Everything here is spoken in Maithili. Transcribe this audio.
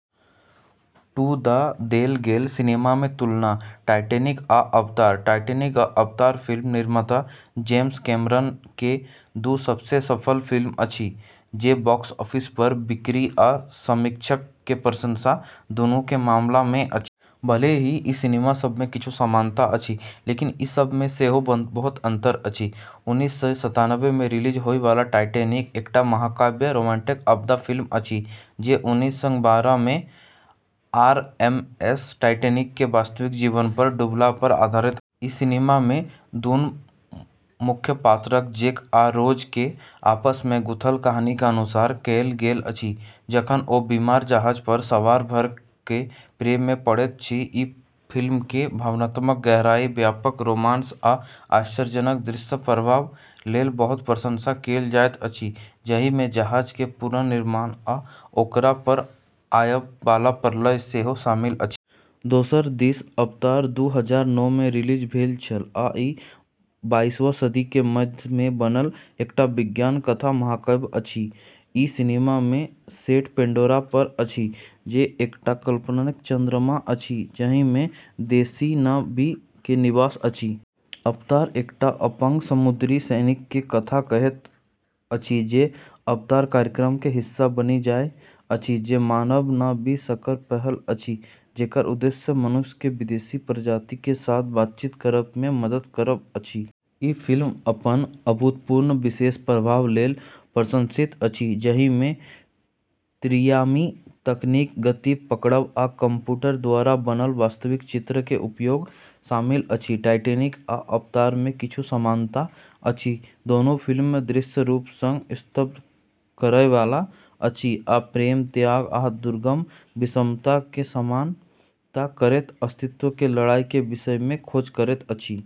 दू टा देल गेल सिनेमा के तुलना। टाइटैनिक आ अवतार। टाइटैनिक आ अवतार फिल्म निर्माता जेम्स कैमरन के दू सबसँ सफल फिल्म अछि, जे बॉक्स ऑफिस पर बिक्री आ समीक्षक के प्रशंसा दुनू के मामला मे अछि। भले ही ई सिनेमा सब मे किछु समानता अछि, लेकिन ई सब मे सेहो बहुत अंतर अछि। उन्नीस सय सत्तानबे मे रिलीज होय वाला टाइटैनिक एकटा महाकाव्य रोमांटिक आपदा फिल्म अछि जे उन्नीस सय बारह मे आरएमएस टाइटैनिक के वास्तविक जीवन मे डूबला पर आधारित अछि। ई सिनेमा मे दुनू मुख्य पात्र जैक आ रोज के आपस मे गूंथल कहानी के अनुसरण कएल गेल अछि, जखन ओ बीमार जहाज पर सवार भ क प्रेम मे पड़ैत छथि। ई फिल्म के भावनात्मक गहराई, व्यापक रोमांस, आ आश्चर्यजनक दृश्य प्रभाव लेल बहुत प्रशंसा कएल जाइत अछि, जाहि मे जहाज के पुनर्निर्माण आ ओकरा पर आबय वाला प्रलय सेहो शामिल अछि। दोसर दिस अवतार दू हजार नौ मे रिलीज भेल छल आ ई बाइसवीं सदी के मध्य मे बनल एकटा विज्ञान कथा महाकाव्य अछि। ई सिनेमा के सेट पैंडोरा पर अछि, जे एकटा काल्पनिक चंद्रमा अछि, जाहि मे देशी ना वी के निवास अछि। अवतार एकटा अपंग समुद्री सैनिक के कथा कहैत अछि जे अवतार कार्यक्रम के हिस्सा बनि जाइत अछि, जे मानव ना वी संकर पहल अछि जेकर उद्देश्य मनुष्य के विदेशी प्रजाति के साथ बातचीत करब मे मदद करब अछि। ई फिल्म अपन अभूतपूर्व विशेष प्रभाव लेल प्रशंसित अछि, जाहि मे त्रिआयामी तकनीक, गति पकड़ब, आ कंप्यूटर द्वारा बनल वास्तविक चित्र के उपयोग शामिल अछि। टाइटैनिक आ अवतार मे किछु समानता अछि। दुनू फिल्म दृश्य रूप सँ स्तब्ध करय वाला अछि आ प्रेम, त्याग, आ दुर्गम विषमता के सामना करैत अस्तित्व के लड़ाई के विषय के खोज करैत अछि।